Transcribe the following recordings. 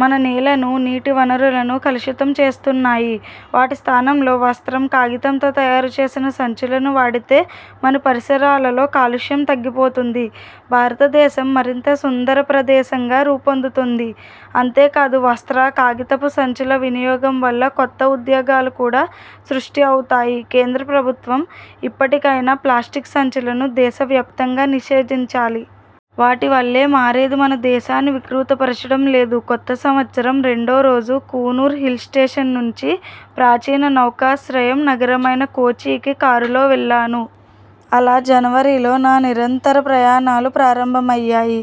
మన నేలను, నీటి వనరులను కలుషితం చేస్తున్నాయి. వాటి స్థానంలో వస్త్రం, కాగితంతో తయారుచేసిన సంచులను వాడితే మన పరిసరాలలో కాలుష్యం తగ్గిపోతుంది. భారతదేశం మరింత సుందరప్రదేశంగా రూపొందుతుంది. అంతేకాదు వస్త్ర, కాగితపు సంచుల వినియోగం వల్ల కొత్త ఉద్యోగాలు కూడా సృష్టి అవుతాయి. కేంద్ర ప్రభుత్వం ఇప్పటికైనా ప్లాస్టిక్ సంచులను దేశవ్యాప్తంగా నిషేధించాలి. వాటి వల్లే మరేదీ మన దేశాన్ని వికృతపరచడం లేదు. కొత్త సంవత్సరం రెండో రోజు కూనూర్ హిల్ స్టేషన్ నుంచి ప్రాచీన నౌకాశ్రయ నగరమైన కోచికి కారులో వెళ్ళాను. అలా, జనవరిలో నా నిరంతర ప్రయాణాలు ప్రారంభమయ్యాయి.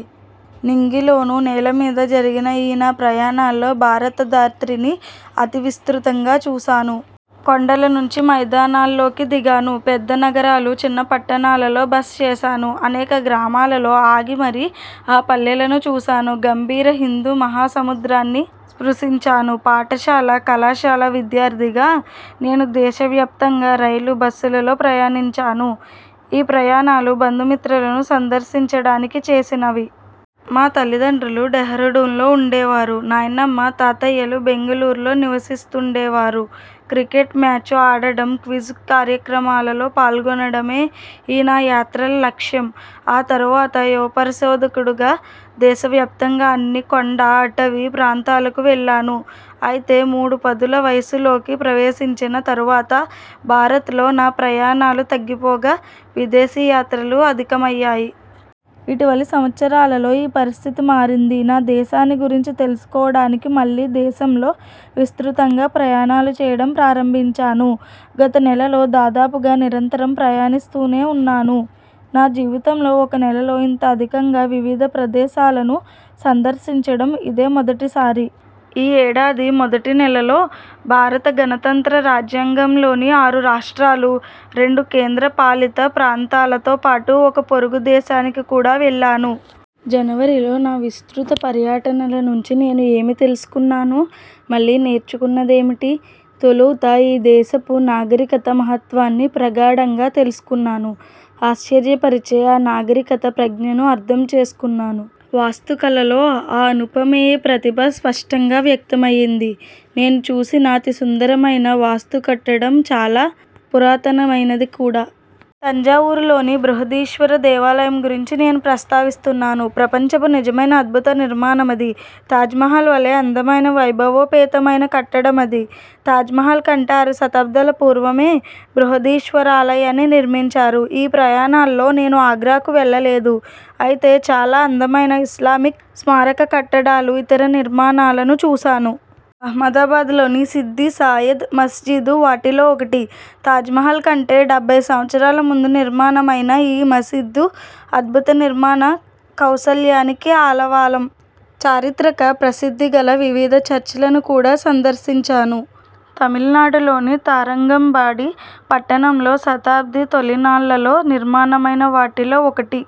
నింగిలోనూ, నేలమీద జరిగిన ఈ నా ప్రయాణాల్లో భారత ధాత్రిని అతి విస్తృతంగా చూశాను. కొండల నుంచి మైదానాల్లోకి దిగాను; పెద్ద నగరాలు, చిన్న పట్టణాలలో బస చేశాను; అనేక గ్రామాలలో ఆగి, మరీ ఆ పల్లెలను చూశాను; గంభీర హిందూ మహాసముద్రాన్నీ స్పృశించాను. పాఠశాల, కళాశాల విద్యార్థిగా నేను దేశవ్యాప్తంగా రైళ్ళు, బస్సులలో ప్రయాణించాను. ఈ ప్రయాణాలు బంధుమిత్రులను సందర్శించడానికి చేసినవి. మా తల్లిదండ్రులు డెహ్రాడూన్లో వుండేవారు. నాయనమ్మ, తాతయ్యలు బెంగళూరులో నివశిస్తుండేవారు. క్రికెట్ మ్యాచ్ ఆడడం, క్విజ్ కార్యక్రమాల్లో పాల్గొనడమే ఈ నా యాత్రల లక్ష్యం. ఆ తరువాత యువ పరిశోధకుడుగా దేశవ్యాప్తంగా అన్ని కొండ, అటవీ ప్రాంతాలకు వెళ్ళాను. అయితే మూడు పదుల వయస్సులోకి ప్రవేశించిన తరువాత భారత్లో నా ప్రయాణాలు తగ్గిపోగా, విదేశీ యాత్రలు అధికమయ్యాయి. ఇటీవలి సంవత్సరాలలో ఈ పరిస్థితి మారింది. నా దేశాన్ని గురించి తెలుసుకోవడానికి మళ్ళీ దేశంలో విస్తృతంగా ప్రయాణాలు చేయడం ప్రారంభించాను. గత నెలలో దాదాపుగా నిరంతరం ప్రయాణిస్తూనే వున్నాను. నా జీవితంలో ఒక్క నెలలో ఇంత అధికంగా వివిధ ప్రదేశాలను సందర్శించడం ఇదే మొదటిసారి. ఈ ఏడాది మొదటి నెలలో, భారత గణతంత్ర రాజ్యంలోని ఆరు రాష్ట్రాలు, రెండు కేంద్ర పాలిత ప్రాంతాలతో పాటు ఒక పొరుగు దేశానికి కూడా వెళ్ళాను. జనవరిలో నా విస్తృత పర్యటనల నుంచి నేను ఏమి తెలుసుకున్నాను? మళ్ళీ నేర్చుకున్నదేమిటి? తొలుత, ఈ దేశపు నాగరికతా మహత్వాన్ని ప్రగాఢంగా తెలుసుకున్నాను. ఆశ్చర్యపరిచే ఆ నాగరికత ప్రజ్ఞను అర్థం చేసుకున్నాను. వాస్తుకళలో ఆ అనుపమేయ ప్రతిభ స్పష్టంగా వ్యక్తమయింది. నేను చూసిన అతి సుందరమైన వాస్తుకట్టడం చాలా పురాతనమైనది కూడా. తంజావూరులోని బృహదీశ్వర దేవాలయం గురించి నేను ప్రస్తావిస్తున్నాను. ప్రపంచపు నిజమైన అద్భుత నిర్మాణమది. తాజ్మహల్ వలే అందమైన, వైభవోపేతమైన కట్టడమది. తాజ్మహల్ కంటే ఆరు శతాబ్దాల పూర్వమే బృహదీశ్వరాలయాన్ని నిర్మించారు. ఈ ప్రయాణాల్లో నేను ఆగ్రాకు వెళ్ళలేదు. అయితే చాలా అందమైన ఇస్లామిక్ స్మారక కట్టడాలు, ఇతర నిర్మాణాలను చూశాను. అహ్మదాబాద్లోని సిడ్డి సయ్యద్ మస్జీదు వాటిలో ఒకటి. తాజ్మహల్ కంటే డెబ్బై సంవత్సరాల ముందు నిర్మాణమయిన ఈ మస్జీదు అద్భుత నిర్మాణ కౌశలానికి ఆలవాలం. చారిత్రక ప్రసిద్ధి గల వివిధ చర్చ్లను కూడా సందర్శించాను. తమిళనాడులోని తరంగంబాడి పట్టణంలో శతాబ్ది తొలినాళ్ళలో నిర్మాణమైన వాటిలో ఒకటి.